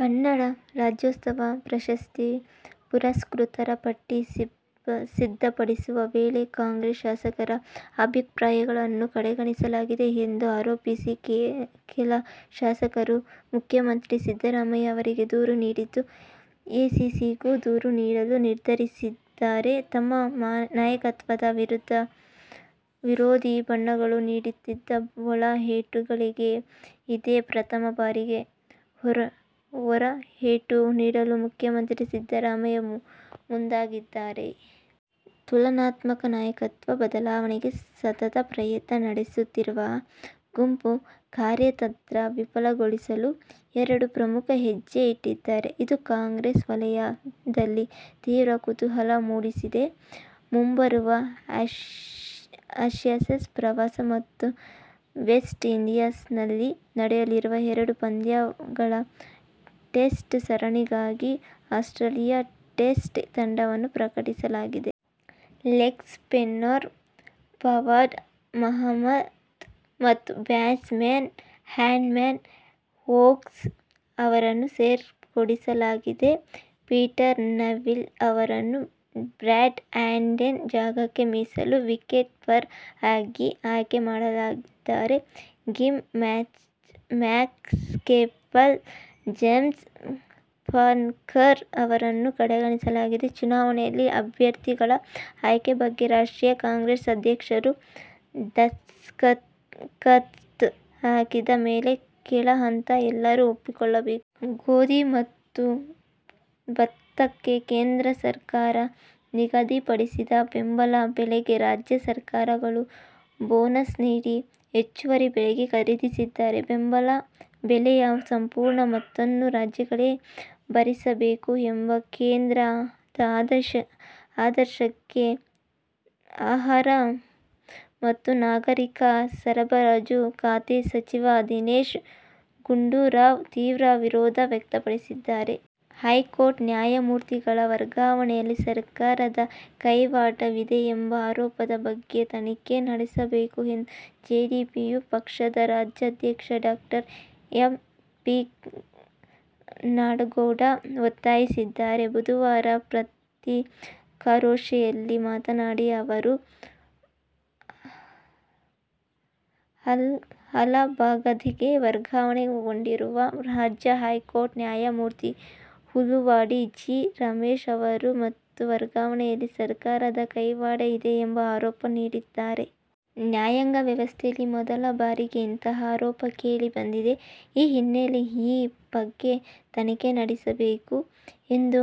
ಕನ್ನಡ ರಾಜ್ಯೋತ್ಸವ ಪ್ರಶಸ್ತಿ ಪುರಸ್ಕೃತರ ಪಟ್ಟಿ ಸಿದ್ಧಪಡಿಸುವ ವೇಳೆ ಕಾಂಗ್ರೆಸ್ ಶಾಸಕರ ಅಭಿಪ್ರಾಯಗಳನ್ನು ಕಡೆಗಣಿಸಲಾಗಿದೆ ಎಂದು ಆರೋಪಿಸಿ ಕೆಲ ಶಾಸಕರು ಮುಖ್ಯಮಂತ್ರಿ ಸಿದ್ದರಾಮಯ್ಯ ಅವರಿಗೆ ದೂರು ನೀಡಿದ್ದು, ಎಐಸಿಸಿಗೂ ದೂರು ನೀಡಲು ನಿರ್ಧರಿಸಿದ್ದಾರೆ. ತಮ್ಮ ನಾಯಕತ್ವದ ವಿರುದ್ಧ ವಿರೋಧಿ ಬಣಗಳು ನೀಡುತ್ತಿದ್ದ "ಒಳ ಏಟು'ಗಳಿಗೆ ಇದೇ ಪ್ರಥಮ ಬಾರಿಗೆ "ಹೊರ ಏಟು' ನೀಡಲು ಮುಖ್ಯಮಂತ್ರಿ ಸಿದ್ದರಾಮಯ್ಯ ಮುಂದಾಗಿದ್ದಾರೆ. ತನ್ಮೂಲಕ ನಾಯಕತ್ವ ಬದಲಾವಣೆಗೆ ಸತತ ಪ್ರಯತ್ನ ನಡೆಸುತ್ತಿರುವ ಗುಂಪಿನ ಕಾರ್ಯತಂತ್ರ ವಿಫಲಗೊಳಿಸಲು ಎರಡು ಪ್ರಮುಖ ಹೆಜ್ಜೆ ಇಟ್ಟಿದ್ದಾರೆ. ಇದು ಕಾಂಗ್ರೆಸ್ ವಲಯದಲ್ಲಿ ತೀವ್ರ ಕುತೂಹಲ ಮೂಡಿಸಿದೆ. ಮುಂಬರುವ ಆ್ಯಶಸ್ ಪ್ರವಾಸ ಮತ್ತು ವೆಸ್ಟ್ಇಂಡೀಸ್ನಲ್ಲಿ ನಡೆಯಲಿರುವ ಎರಡು ಪಂದ್ಯಗಳ ಟೆಸ್ಟ್ ಸರಣಿಗಾಗಿ ಆಸ್ಟ್ರೇಲಿಯದ ಟೆಸ್ಟ್ ತಂಡವನ್ನು ಪ್ರಕಟಿಸಲಾಗಿದೆ. ಲೆಗ್ಸ್ಪಿನ್ನರ್ ಫವಾದ್ ಅಹ್ಮದ್ ಮತ್ತು ಬ್ಯಾಟ್ಸ್ಮನ್ ಆ್ಯಡಮ್ ವೋಗ್ಸ್ ಅವರನ್ನು ಸೇರ್ಪಡೆಗೊಳಿಸಲಾಗಿದೆ. ಪೀಟರ್ ನೆವಿಲ್ ಅವರನ್ನು ಬ್ರಾಡ್ ಹ್ಯಾಡಿನ್ ಜಾಗಕ್ಕೆ ಮೀಸಲು ವಿಕೆಟ್ಕೀಪರ್ ಆಗಿ ಆಯ್ಕೆ ಮಾಡಲಾಗಿದ್ದರೆ ಗ್ಲೆನ್ ಮ್ಯಾಕ್ಸ್ವೆಲ್, ಜೇಮ್ಸ್ ಫಾಕ್ನರ್ ಅವರನ್ನು ಕಡೆಗಣಿಸಲಾಗಿದೆ. ಚುನಾವಣೆಯಲ್ಲಿ ಅಭ್ಯರ್ಥಿಗಳ ಆಯ್ಕೆ ಬಗ್ಗೆ ರಾಷ್ಟ್ರೀಯ ಕಾಂಗ್ರೆಸ್ ಅಧ್ಯಕ್ಷರು ದಸ್ತಕತ್ ಹಾಕಿದ ಮೇಲೆ ಕೆಳ ಹಂತದ ಎಲ್ಲರೂ ಒಪ್ಪಿಕೊಳ್ಳಲೇಬೇಕು. ಗೋಧಿ ಮತ್ತು ಭತ್ತಕ್ಕೆ ಕೇಂದ್ರ ಸರಕಾರ ನಿಗದಿಪಡಿಸಿದ ಬೆಂಬಲ ಬೆಲೆಗೆ ರಾಜ್ಯ ಸರಕಾರ ಗಳು ಬೋನಸ್ ನೀಡಿ ಹೆಚ್ಚುವರಿ ಬೆಲೆಗೆ ಖರೀದಿಸಿದರೆ ಬೆಂಬಲ ಬೆಲೆಯ ಸಂಪೂರ್ಣ ಮೊತ್ತವನ್ನು ರಾಜ್ಯಗಳೇ ಭರಿಸಬೇಕು ಎಂಬ ಕೇಂದ್ರದ ಆದೇಶಕ್ಕೆ ಆಹಾರ ಮತ್ತು ನಾಗರಿಕ ಸರಬರಾಜು ಖಾತೆ ಸಚಿವ ದಿನೇಶ್ ಗುಂಡೂರಾವ್ ತೀವ್ರ ವಿರೋಧ ವ್ಯಕ್ತಪಡಿಸಿದ್ದಾರೆ. ಹೈಕೋರ್ಟ್ ನ್ಯಾಯಮೂರ್ತಿಗಳ ವರ್ಗಾವಣೆಯಲ್ಲಿ ಸರ್ಕಾರದ ಕೈವಾಡವಿದೆ ಎಂಬ ಆರೋಪದ ಬಗ್ಗೆ ತನಿಖೆ ನಡೆಸಬೇಕು ಎಂದು ಜೆಡಿಯು ಪಕ್ಷದ ರಾಜ್ಯಾಧ್ಯಕ್ಷ ಡಾ. ಎಂ. ಪಿ. ನಾಡಗೌಡ ಒತ್ತಾಯಿಸಿದ್ದಾರೆ. ಬುಧವಾರ ಪತ್ರಿಕಾಗೋಷ್ಠಿಯಲ್ಲಿ ಮಾತನಾಡಿದ ಅವರು, ಅಲಹಾಬಾದ್ಗೆ ವರ್ಗಾವಣೆಗೊಂಡಿರುವ ರಾಜ್ಯ ಹೈಕೋರ್ಟ್ ನ್ಯಾಯಮೂರ್ತಿ ಹುಲುವಾಡಿ ಜಿ. ರಮೇಶ್ ಅವರು ತಮ್ಮ ವರ್ಗಾವಣೆಯಲ್ಲಿ ಸರ್ಕಾರದ ಕೈವಾಡ ಇದೆ ಎಂಬ ಆರೋಪ ಮಾಡಿದ್ದಾರೆ. ನ್ಯಾಯಾಂಗ ವ್ಯವಸ್ಥೆಯಲ್ಲಿ ಮೊದಲ ಬಾರಿಗೆ ಇಂತಹ ಆರೋಪ ಕೇಳಿ ಬಂದಿದೆ. ಈ ಹಿನ್ನೆಲೆಯಲ್ಲಿ ಈ ಬಗ್ಗೆ ತನಿಖೆ ನಡೆಸಬೇಕು ಎಂದು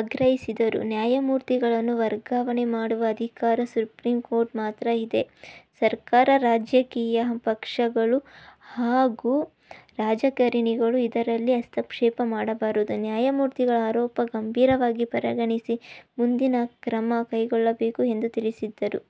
ಆಗ್ರಹಿಸಿದರು. ನ್ಯಾಯಮೂರ್ತಿಗಳನ್ನು ವರ್ಗಾವಣೆ ಮಾಡುವ ಅಧಿಕಾರ ಸುಪ್ರೀಂಕೋರ್ಟ್ಗೆ ಮಾತ್ರ ಇದೆ. ಸರ್ಕಾರ, ರಾಜಕೀಯ ಪಕ್ಷಗಳು ಹಾಗೂ ರಾಜಕಾರಣಿಗಳು ಇದರಲ್ಲಿ ಹಸ್ತಕ್ಷೇಪ ಮಾಡಬಾರದು. ನ್ಯಾಯಮೂರ್ತಿಗಳ ಆರೋಪ ಗಂಭೀರವಾಗಿ ಪರಿಗಣಿಸಿ ಮುಂದಿನ ಕ್ರಮ ಕೈಗೊಳ್ಳಬೇಕು ಎಂದು ತಿಳಿಸಿದರು.